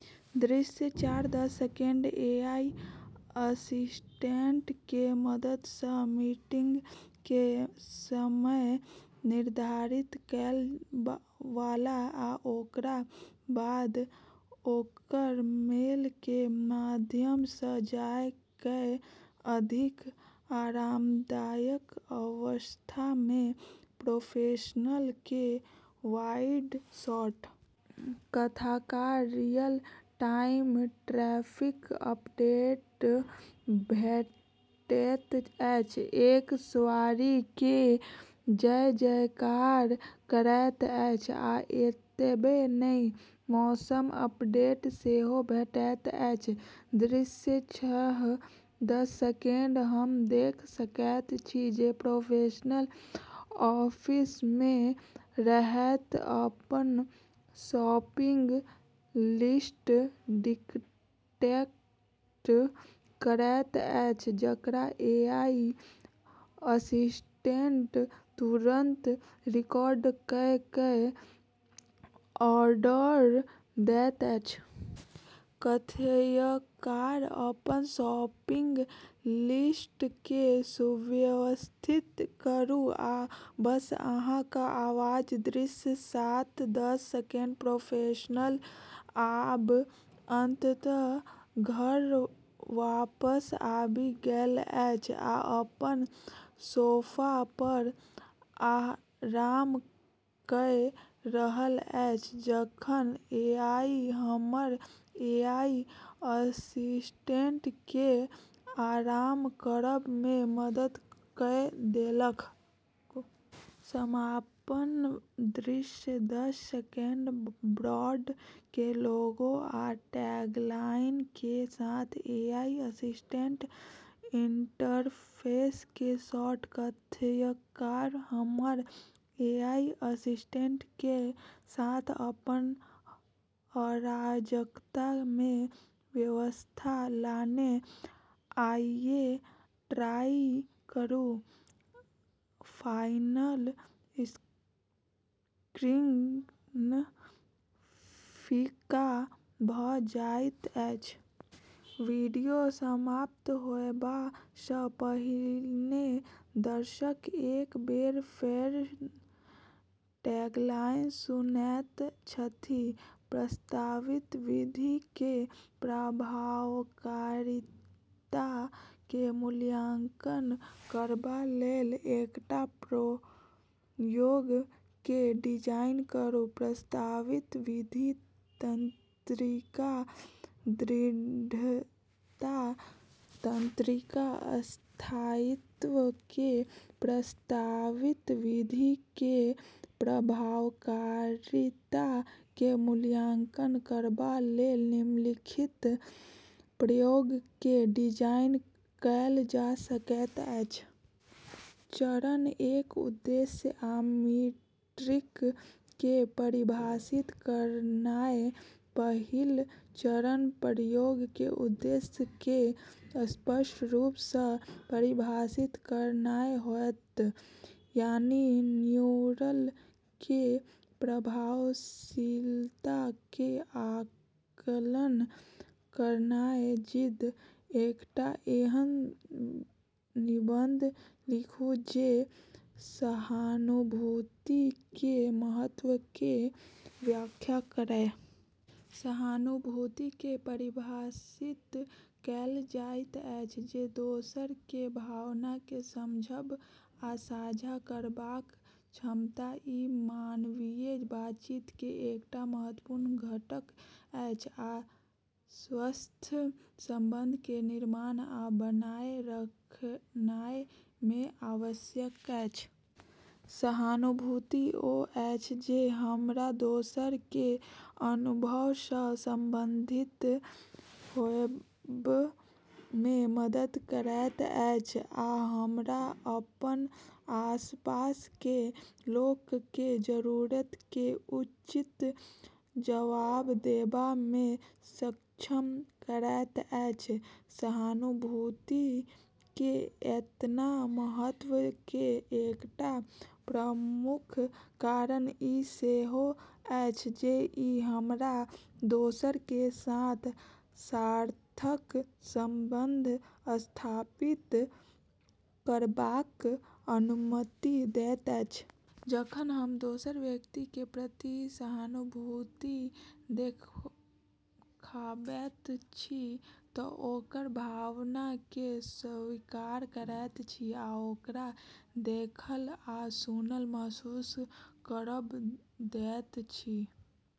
दृश्य चार दस सेकंड एआई असिस्टेंट के मदद सँ मीटिंग के समय निर्धारित करय वाला आ ओकरा बाद ओकर मेल के माध्यम सँ जाय कए अधिक आरामदायक अवस्था मे प्रोफेशनल के वाइड शॉट। कथाकार रियल-टाइम ट्रैफिक अपडेट भेटैत अछि, एक सवारी के जय-जयकार करैत अछि, आ एतबे नहि मौसम अपडेट सेहो भेटैत अछि। दृश्य छह दस सेकंड हम देख सकैत छी जे प्रोफेशनल ऑफिस मे रहैत अपन शॉपिंग लिस्ट डिक्टेट करैत अछि, जकरा एआई असिस्टेंट तुरंत रिकॉर्ड कए कए ऑर्डर दैत अछि। कथ्यकार अपन शॉपिंग लिस्ट के सुव्यवस्थित करू आ बस अहाँक आवाज। दृश्य सात दस सेकंड प्रोफेशनल आब अंततः घर वापस आबि गेल अछि, आ अपन सोफा पर आराम कए रहल अछि जखन एआई हमर एआई असिस्टेंट के आराम करब मे मदद कए देलक। समापन दृश्य दस सेकंड ब्रांड के लोगो आ टैगलाइन के साथ एआई असिस्टेंट इंटरफेस के शॉट। कथ्यकार हमर एआई असिस्टेंट के साथ अपन अराजकता मे व्यवस्था लानै। आइये ट्राई करू। फाइनल स्क्रीन फीका भ जाइत अछि। वीडियो समाप्त होयबा सँ पहिने दर्शक एक बेर फेर टैगलाइन सुनैत छथि। प्रस्तावित विधि के प्रभावकारिता के मूल्यांकन करबा लेल एकटा प्रयोग के डिजाइन करू। प्रस्तावित विधि तंत्रिका दृढ़ता। तंत्रिका स्थायित्व के प्रस्तावित विधि के प्रभावकारिता के मूल्यांकन करबा लेल निम्नलिखित प्रयोग के डिजाइन कएल जा सकैत अछि। चरण एक उद्देश्य आ मीट्रिक के परिभाषित करनाय। पहिल चरण प्रयोग के उद्देश्य के स्पष्ट रूप सँ परिभाषित करनाय होयत, यानी न्यूरल के प्रभावशीलता के आकलन करनाय जिद। एकटा एहन निबंध लिखू जे सहानुभूति के महत्व के व्याख्या करय। सहानुभूति के परिभाषित कएल जाइत अछि जे दोसर के भावना के समझब आ साझा करबाक क्षमता। ई मानवीय बातचीत के एकटा महत्वपूर्ण घटक अछि आ स्वस्थ संबंध के निर्माण आ बनाए रखनाय मे आवश्यक अछि। सहानुभूति ओ अछि जे हमरा दोसर के अनुभव सँ संबंधित होयब मे मदद करैत अछि आ हमरा अपन आसपास के लोक के जरूरत के उचित जवाब देबा मे सक्षम करैत अछि। सहानुभूति के एतना महत्व के एकटा प्रमुख कारण ई सेहो अछि जे ई हमरा दोसर के साथ सार्थक संबंध स्थापित करबाक अनुमति दैत अछि। जखन हम दोसर व्यक्ति के प्रति सहानुभूति देखाबैत छी त ओकर भावना के स्वीकार करैत छी आ ओकरा देखल आ सुनल महसूस करब दैत छी।